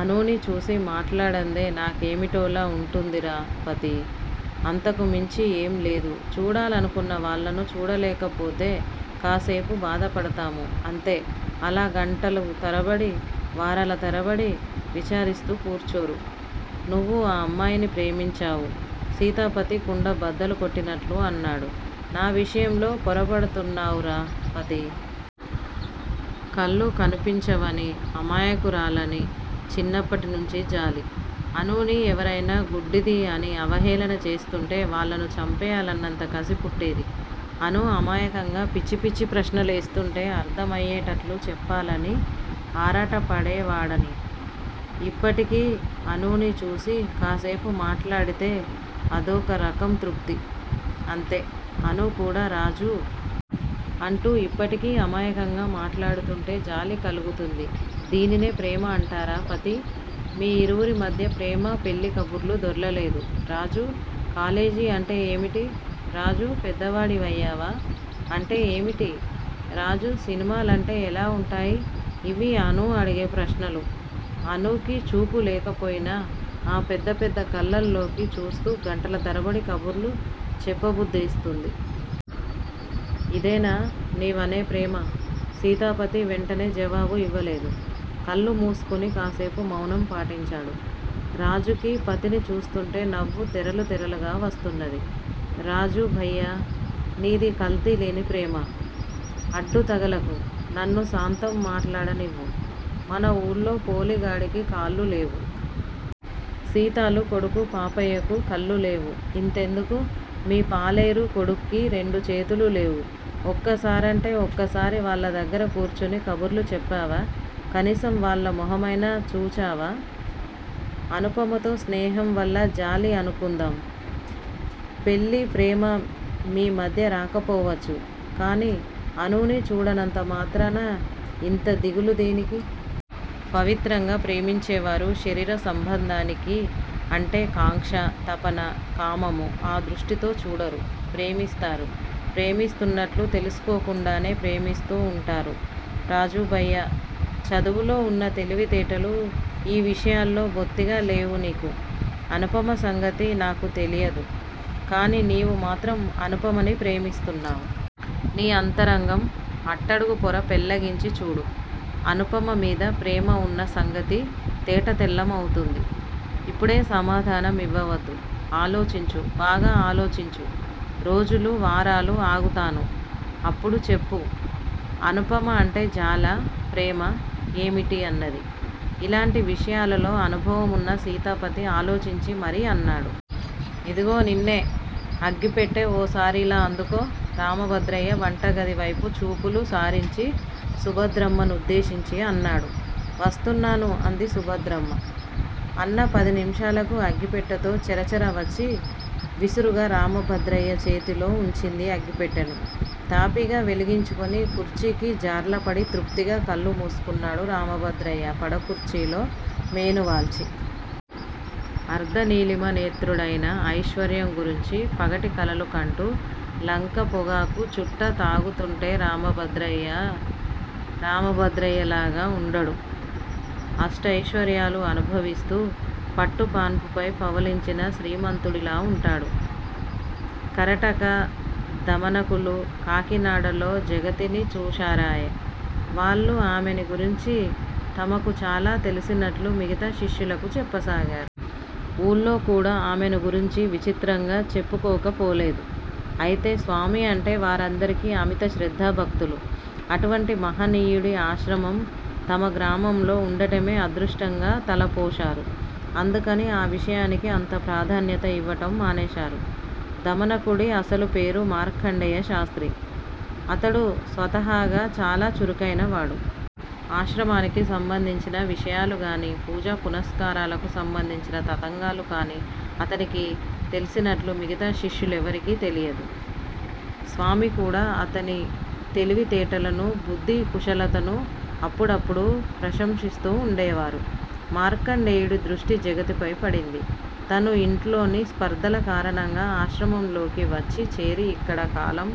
అనూని చూసి మాట్లాడందే నాకేమిటోలా వుంటుందిరా పతీ! అంతకు మించి ఏం లేదు. చూడాలనుకున్న వాళ్ళను చూడలేకపోతే కాసేపు బాదపడతాము అంతే, అలా గంటలు తరబడి వారాల తరబడి విచారిస్తు కూర్చోరు. నువ్వు ఆ అమ్మాయిని ప్రేమించావు. సీతాపతి కుండ బద్దలు కొట్టినట్లు అన్నాడు. నా విషయంలో పొరబడుతున్నావురా పతీ! కళ్లు కనిపంచవని అమాయకురాలని, చిన్నప్పటి నుంచీ జాలి. అనూని ఎవరైనా గుడ్డిది అని అవహేళన చేస్తుంటే, వాళ్ళను చంపెయ్యాలన్నంత కసి పుట్టేది. అనూ అమాయకంగా పిచ్చి పిచ్చి ప్రశ్నలేస్తుంటే అర్థమయ్యేటట్లు చెప్పాలని ఆరాటపడేవాడని. ఇప్పటికీ అనూని చూసి కాసేపు మాట్లాడితే అదోక రకం తృప్తి అంతే, అనూ కూడ రాజూ! అంటూ ఇప్పటికీ అమాయకంగా మాట్లాడుతుంటే జాలి కలుగుతుంది దీనినే ప్రేమ అంటారా పతీ? మీ ఇరువురి మధ్య ప్రేమా, పెళ్లి కబుర్లు దొర్లలేదు. రాజూ! కాలేజీ అంటే ఏమటి? రాజూ! పెద్దవాడివయ్యావా? అంటే ఏమిటి? రాజూ సినిమా లంటె ఎలా ఉంటాయి? ఇవీ అనూ అడిగే ప్రశ్నలు, అనూకి చూపు లేకపోయినా ఆ పెద్ద పెద్ద కళ్లల్లోకి చూస్తు గంటల తరబడి కబుర్లు చెప్పబుద్దేస్తుంది. ఇదేనా నీవనే ప్రేమ? సీతాపతి వెంటనే జవాబు ఇవ్వలేదు. కళ్ళుమూసుకుని కాసేపు మౌనం పాటించాడు. రాజుకి పతిని చూస్తుంటే నవ్వు తెరలు తెరలుగా వస్తున్నది. రాజూ భయ్యా! నీది కల్తీలేని ప్రేమ, అడ్డు తగలకు, నన్ను సాంతం మాట్లాడనివ్వు, మన వూళ్ళో పోలి గాడికి కాళ్ళు లేవు. సీతాలు కొడుకు పాపయ్యకు కళ్ళు లేవు. ఇంతెందుకు మీ పాలేరు కొడుక్కి రెండు చేతులు లేవు. ఒక్కసారంటే ఒక్కసారి వాళ్ళ దగ్గర కూర్చుని కబుర్లు చెప్పావా? కనీసం వాళ్ళ మొహమయినా చూచావా? అనుపమతో స్నేహం వల్ల జాలి అనుకుందాం, పెళ్ళి ప్రేమ మీ మధ్య రాకపోవచ్చు కానీ అనూని చూడనంత మాత్రాన ఇంత దిగులు దేనికి? పవిత్రంగా ప్రేమించేవారు శరీర సంబంధానికి అంటే కాంక్ష, తపన. కామము ఆ దృష్టితో చూడరు. ప్రేమిస్తారు, ప్రేమిస్తున్నట్లు తెలుసుకోకుండానే ప్రేమిస్తూ వుంటారు రాజూ భయ్యా! చదవులో వున్న తెలివితేటలు ఈ విషయాల్లో బొత్తిగా లేవు నీకు అనుపమ సంగతి నాకు తెలియదు కాని, నీవు మాత్రం అనుపమని ప్రేమిస్తున్నావు. నీ అంతరంగం అట్టడుగుపొర పెళ్ళగించి చూడు. అనుపమ మీద ప్రేమ వున్న సంగతి తేటతెల్లమవుతుంది. ఇప్పుడే సమాధాన మివ్వవద్దు. ఆలోచించు బాగా ఆలోచించు. రోజులు, వారాలు ఆగుతాను, అప్పుడు చెప్పు. అనుపమ అంటే జాలా? ప్రేమా? ఏమిటీ అన్నది! ఇలాంటి విషయాలలో అనుభవమున్న సీతాపతి ఆలోచించి మరీ అన్నాడు. ఇదిగో నిన్నే! అగ్గిపెట్టె ఓసారిలా అందుకో. రామభద్రయ్య వంటగది వైపు చూపులు సారించి సుభద్రమ్మనుద్దేశించి అన్నాడు. వస్తున్నాను అంది సుభద్రమ్మ. అన్న పదినిమిషాలకు అగ్గిపెట్టెతో చర చర వచ్చి విసురుగా రామభద్రయ్య చేతిలో వుంచింది అగ్గి పెట్టెను. తాపీగా వెలిగించుకుని కుర్చీకి జార్ల పడి తృప్తిగా కళ్ళు మూసుకున్నాడు రామభద్రయ్య పడకూర్చీలో మేనువాల్చి. అర్దనీలిమ నేత్రుడయిన, ఐశ్వర్యం గురించి పగటి కలలు కంటూ లంక పొగాకు చుట్ట తాగుతుంటే రామభద్రయ్య, రామభద్రయ్యలాగా వుండడు. అష్టెశ్వర్యాలు అనుభవిస్తూ పట్టు పాన్సుపై పవళించిన శ్రీమంతుడిలా వుంటాడు. కరటక, దమనకులు కాకినాడలో జగతిని చూశారాయె! వాళ్ళు ఆమెని గురించి తమకు చాలా తెలిసినట్లు మిగతా శిష్యులకు చెప్పసాగారు. ఊళ్ళో కూడా ఆమెను గురించి విచిత్రంగా చెప్పుకోకపోలేదు. అయితే స్వామి అంటే వారందరికీ అమిత శ్రద్ధా భక్తులు. అటువంటి మహనీయుడి ఆశ్రమం తమ గ్రామంలో వుండటమే అదృష్టంగా తలపోశారు. అందుకని ఆ విషయానికి అంత ప్రాధాన్యత యివ్వటం మానేశారు. దమనకుడి అసలుపేరు మార్కండేయశాస్త్రి. అతడు స్వతహాగా చాలా చురుకైనవాడు. ఆశ్రమానికి సంబంధించిన విషయాలుగానీ, పూజా పునస్కారాలకు సబంధించిన తతంగాలు కానీ అతనికి తెలిసినట్లు మిగతా శిష్యులెవరికీ తెలియదు. స్వామికూడా అతని తెలివి తేటలనూ, బుద్ధి కుశలతనూ అప్పుడప్పుడు ప్రశంసిస్తూ వుండేవారు. మార్కండేయుడి దృష్టి జగతిపై పడింది. తను యింట్లోని స్పర్థల కారణంగా ఆశ్రమంలోకి వచ్చి చేరి యిక్కడ కాలం